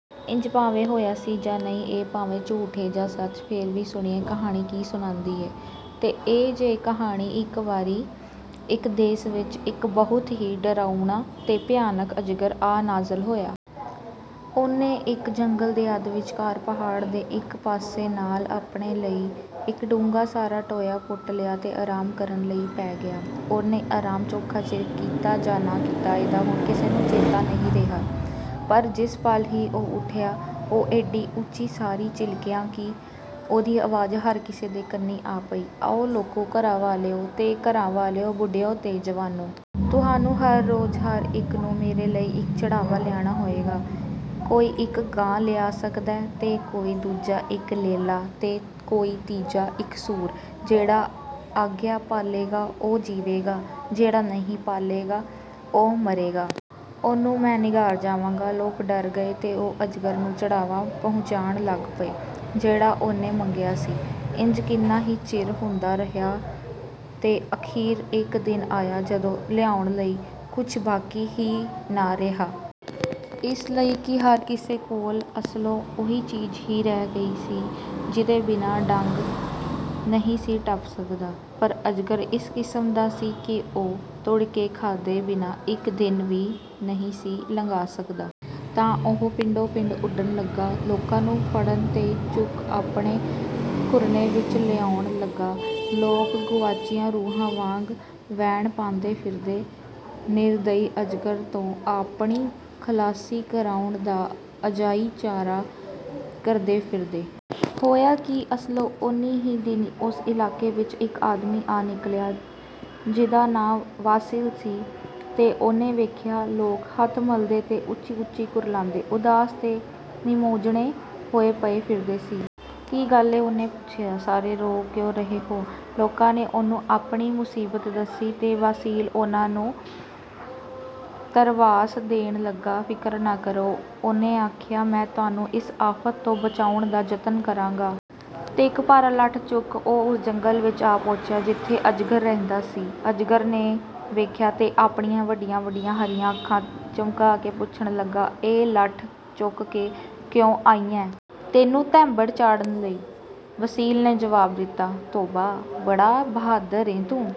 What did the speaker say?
ਇੰਜ ਭਾਵੇਂ ਹੋਇਆ ਸੀ ਜਾਂ ਨਹੀਂ, ਇਹ ਭਾਵੇਂ ਝੂਠ ਏ ਜਾਂ ਸੱਚ, ਫੇਰ ਵੀ ਸੁਣੀਏ, ਕਹਾਣੀ ਕੀ ਸੁਣਾਂਦੀ ਏ। ਤੇ ਇਹ ਜੇ ਕਹਾਣੀ। ਇੱਕ ਵਾਰੀ ਇਕ ਦੇਸ ਵਿਚ ਇਕ ਬਹੁਤ ਹੀ ਡਰਾਉਣਾ ਤੇ ਭਿਆਨਕ ਅਜਗਰ ਆ ਨਾਜ਼ਲ ਹੋਇਆ। ਉਹਨੇ ਇੱਕ ਜੰਗਲ ਦੇ ਅੱਧ-ਵਿਚਕਾਰ ਪਹਾੜ ਦੇ ਇਕ ਪਾਸੇ ਨਾਲ ਆਪਣੇ ਲਈ ਇੱਕ ਡੂੰਘਾ ਸਾਰਾ ਟੋਇਆ ਪੁੱਟ ਲਿਆ ਤੇ ਆਰਾਮ ਕਰਨ ਲਈ ਪੈ ਗਿਆ। ਉਹਨੇ ਆਰਾਮ ਚੋਖਾ ਚਿਰ ਕੀਤਾ ਜਾਂ ਨਾ ਕੀਤਾ, ਇਹਦਾ ਹੁਣ ਕਿਸੇ ਨੂੰ ਚੇਤਾ ਨਹੀਂ ਰਿਹਾ, ਪਰ ਜਿਸ ਪਲ ਹੀ ਉਹ ਉੱਠਿਆ, ਉਹ ਏਡੀ ਉੱਚੀ ਸਾਰੀ ਚਿਲਕਿਆ ਕਿ ਉਹਦੀ ਆਵਾਜ਼ ਹਰ ਕਿਸੇ ਦੇ ਕੰਨੀਂ ਆ ਪਈ, "ਆਓ, ਲੋਕੋ, ਘਰਾਂ ਵਾਲਿਓ ਤੇ ਘਰਾਂ ਵਾਲੀਓ, ਬੁੱਢਿਓ ਤੇ ਜਵਾਨੋ! ਤੁਹਾਨੂੰ ਹਰ ਰੋਜ਼ ਹਰ ਇੱਕ ਨੂੰ ਮੇਰੇ ਲਈ ਇੱਕ ਚੜ੍ਹਾਵਾ ਲਿਆਣਾ ਹੋਏਗਾ। ਕੋਈ ਇੱਕ ਗਾਂ ਲਿਆ ਸਕਦੈ, ਤੇ ਕੋਈ ਦੂਜਾ ਇਕ ਲੇਲਾ, ਤੇ ਕੋਈ ਤੀਜਾ ਇਕ ਸੂਰ! ਜਿਹੜਾ ਆਗਿਆ ਪਾਲੇਗਾ, ਉਹ ਜੀਵੇਗਾ। ਜਿਹੜਾ ਨਹੀਂ ਪਾਲੇਗਾ, ਉਹ ਮਰੇਗਾ। ਉਹਨੂੰ ਮੈਂ ਨਿਘਾਰ ਜਾਵਾਂਗਾ!" ਲੋਕ ਡਰ ਗਏ ਤੇ ਉਹ ਅਜਗਰ ਨੂੰ ਚੜ੍ਹਾਵਾ ਪਹੁੰਚਾਣ ਲੱਗ ਪਏ, ਜਿਹੜਾ ਉਹਨੇ ਮੰਗਿਆ ਸੀ। ਇੰਜ ਕਿੰਨਾ ਹੀ ਚਿਰ ਹੁੰਦਾ ਰਿਹਾ ਤੇ ਅਖ਼ੀਰ ਇੱਕ ਦਿਨ ਆਇਆ, ਜਦੋਂ ਲਿਆਉਣ ਲਈ ਕੁਝ ਬਾਕੀ ਹੀ ਨਾ ਰਿਹਾ। ਇਸ ਲਈ ਕਿ ਹਰ ਕਿਸੇ ਕੋਲ ਅਸਲੋਂ ਉਹੀ ਚੀਜ਼ ਹੀ ਰਹਿ ਗਈ ਸੀ, ਜਿਹਦੇ ਬਿਨਾਂ ਡੰਗ ਨਹੀਂ ਸੀ ਟੱਪ ਸਕਦਾ। ਪਰ ਅਜਗਰ ਇਸ ਕਿਸਮ ਦਾ ਸੀ ਕਿ ਉਹ ਤੂੜ ਕੇ ਖਾਧੇ ਬਿਨਾਂ ਇੱਕ ਦਿਨ ਵੀ ਨਹੀਂ ਸੀ ਲੰਘਾ ਸਕਦਾ। ਤਾਂ ਉਹ ਪਿੰਡੋਂ ਪਿੰਡ ਉੱਡਣ ਲੱਗਾ, ਲੋਕਾਂ ਨੂੰ ਫੜਨ ਤੇ ਚੁੱਕ ਆਪਣੇ ਘੁਰਨੇ ਵਿੱਚ ਲਿਆਉਣ ਲੱਗਾ। ਲੋਕ ਗੁਆਚੀਆਂ ਰੂਹਾਂ ਵਾਂਗ ਵੈਣ ਪਾਂਦੇ ਫਿਰਦੇ, ਨਿਰਦਈ ਅਜਗਰ ਤੋਂ ਆਪਣੀ ਖਲਾਸੀ ਕਰਾਉਣ ਦਾ ਅਜਾਈਂ ਚਾਰਾ ਕਰਦੇ ਫਿਰਦੇ। ਹੋਇਆ ਕਿ ਅਸਲੋਂ ਉਹਨੀ ਹੀ ਦਿਨੀਂ ਉਸ ਇਲਾਕੇ ਵਿੱਚ ਇੱਕ ਆਦਮੀ ਆ ਨਿਕਲਿਆ, ਜਿਹਦਾ ਨਾਂ ਵਾਸੀਲ ਸੀ, ਤੇ ਉਹਨੇ ਵੇਖਿਆ ਲੋਕ ਹੱਥ ਮਲਦੇ ਤੇ ਉੱਚੀ-ਉੱਚੀ ਕੁਰਲਾਂਦੇ, ਉਦਾਸ ਤੇ ਨਿਮੋਝੂਣੇ ਹੋਏ ਪਏ ਫਿਰਦੇ ਸਨ। "ਗੱਲ ਕੀ ਏ?" ਉਹਨੇ ਪੁੱਛਿਆ। "ਸਾਰੇ ਰੋ ਕਿਉਂ ਰਹੇ ਹੋ?" ਲੋਕਾਂ ਨੇ ਉਹਨੂੰ ਆਪਣੀ ਮੁਸੀਬਤ ਦੱਸੀ ਤੇ ਵਾਸੀਲ ਉਹਨਾਂ ਨੂੰ ਧਰਵਾਸ ਦੇਣ ਲੱਗਾ। "ਫ਼ਿਕਰ ਨਾ ਕਰੋ," ਉਹਨੇ ਆਖਿਆ। "ਮੈਂ ਤੁਹਾਨੂੰ ਇਸ ਆਫ਼ਤ ਤੋਂ ਬਚਾਉਣ ਦਾ ਜਤਨ ਕਰਾਂਗਾ।" ਤੇ ਇੱਕ ਭਾਰਾ ਲੱਠ ਚੁੱਕ, ਉਹ ਉਸ ਜੰਗਲ ਵਿੱਚ ਆ ਪਹੁੰਚਿਆ, ਜਿੱਥੇ ਅਜਗਰ ਰਹਿੰਦਾ ਸੀ। ਅਜਗਰ ਨੇ ਵੇਖਿਆ ਤੇ ਆਪਣੀਆਂ ਵੱਡੀਆਂ-ਵੱਡੀਆਂ ਹਰੀਆਂ ਅੱਖਾਂ ਝਮਕਾ ਕੇ ਪੁੱਛਣ ਲੱਗਾ, "ਇਹ ਲੱਠ ਚੁੱਕ ਕੇ ਕਿਉਂ ਆਇਐਂ?" "ਤੈਨੂੰ ਧੈਂਬੜ ਚਾੜ੍ਹਨ ਲਈ!" ਵਾਸੀਲ ਨੇ ਜਵਾਬ ਦਿੱਤਾ। "ਤੋਬਾ, ਬੜਾ ਬਹਾਦਰ ਏਂ ਤੂੰ!"